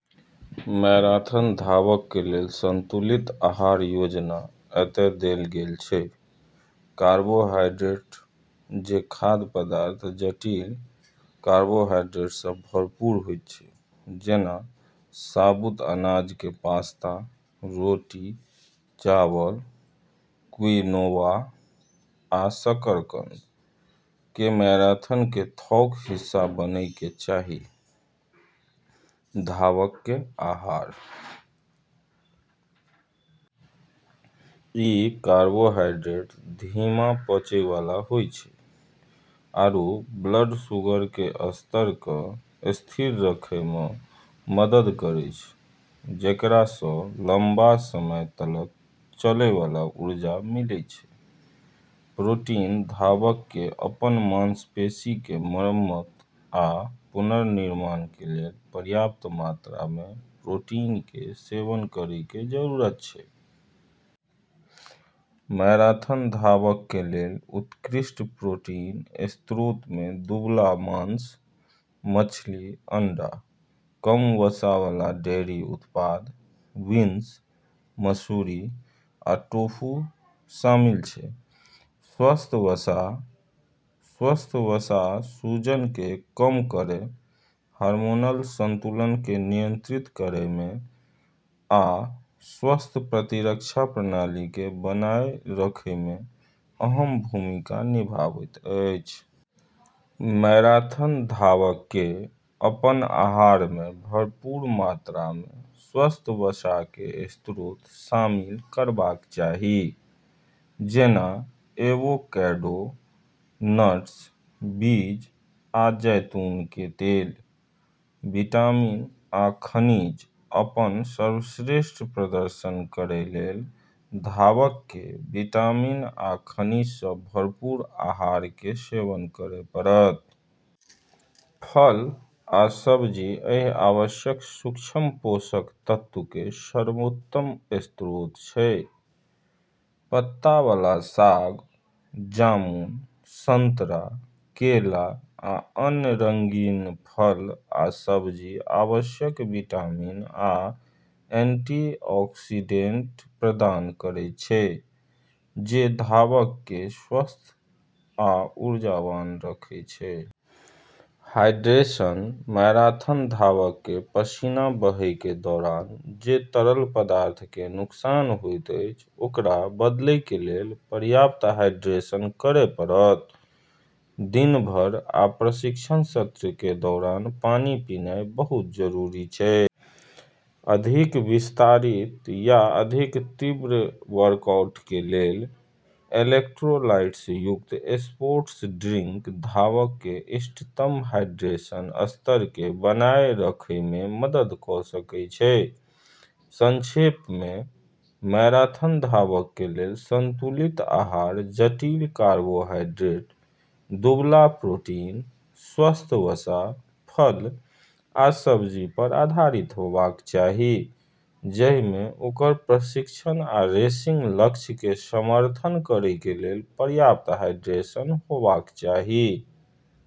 Marathon धावक के लेल संतुलित आहार योजना एतय देल गेल छै: कार्बोहाइड्रेट: जे खाद्य पदार्थ जटिल कार्बोहाइड्रेट सँ भरपूर होइत छै- जेना साबुत अनाज के पास्ता, रोटी, चावल, क्विनोआ, आ शकरकंद, के मैराथन के थोक हिस्सा बनय के चाही धावक के आहार। ई कार्बोहाइड्रेट धीमा पचय वाला होय छै आरू ब्लड शुगर के स्तर क॑ स्थिर रखै म॑ मदद करै छै, जेकरा स॑ लंबा समय तलक चलै वाला ऊर्जा मिलै छै। प्रोटीन: धावक के अपन मांसपेशी के मरम्मत आ पुनर्निर्माण के लेल पर्याप्त मात्रा मे प्रोटीन के सेवन करय के जरूरत छै। मैराथन धावक के लेल उत्कृष्ट प्रोटीन स्रोत मे दुबला मांस, मछली, अंडा, कम वसा वाला डेयरी उत्पाद, बीन्स, मसुरी, आ टोफू शामिल छै। स्वस्थ वसा: स्वस्थ वसा सूजन के कम करय, हार्मोनल संतुलन के नियंत्रित करय मे, आ स्वस्थ प्रतिरक्षा प्रणाली के बनाए रखय मे अहम भूमिका निभाबैत अछि। मैराथन धावक के अपन आहार मे भरपूर मात्रा मे स्वस्थ वसा के स्रोत शामिल करबाक चाही, जेना एवोकैडो, नट्स, बीज, आ जैतून के तेल। विटामिन आ खनिज: अपन सर्वश्रेष्ठ प्रदर्शन करय लेल धावक के विटामिन आ खनिज सँ भरपूर आहार के सेवन करय पड़त। फल आ सब्जी एहि आवश्यक सूक्ष्म पोषक तत्व के सर्वोत्तम स्रोत छै। पत्ता वाला साग, जामुन, संतरा, केला, आ अन्य रंगीन फल आ सब्जी आवश्यक विटामिन आ एंटीऑक्सीडेंट प्रदान करैत छै जे धावक के स्वस्थ आ ऊर्जावान रखैत छै। हाइड्रेशन: मैराथन धावक के पसीना बहय के दौरान जे तरल पदार्थ के नुकसान होइत अछि ओकरा बदलय के लेल पर्याप्त हाइड्रेशन करय पड़त। दिन भर आ प्रशिक्षण सत्र के दौरान पानी पीनाय बहुत जरूरी छै। अधिक विस्तारित या अधिक तीव्र वर्कआउट के लेल, इलेक्ट्रोलाइट्स युक्त स्पोर्ट्स ड्रिंक धावक के इष्टतम हाइड्रेशन स्तर के बनाए रखय मे मदद कऽ सकय छै। संक्षेप मे, मैराथन धावक के लेल संतुलित आहार जटिल कार्बोहाइड्रेट, दुबला प्रोटीन, स्वस्थ वसा, फल, आ सब्जी पर आधारित होबाक चाही, जहि मे ओकर प्रशिक्षण आ रेसिंग लक्ष्य के समर्थन करय के लेल पर्याप्त हाइड्रेशन होयबाक चाही।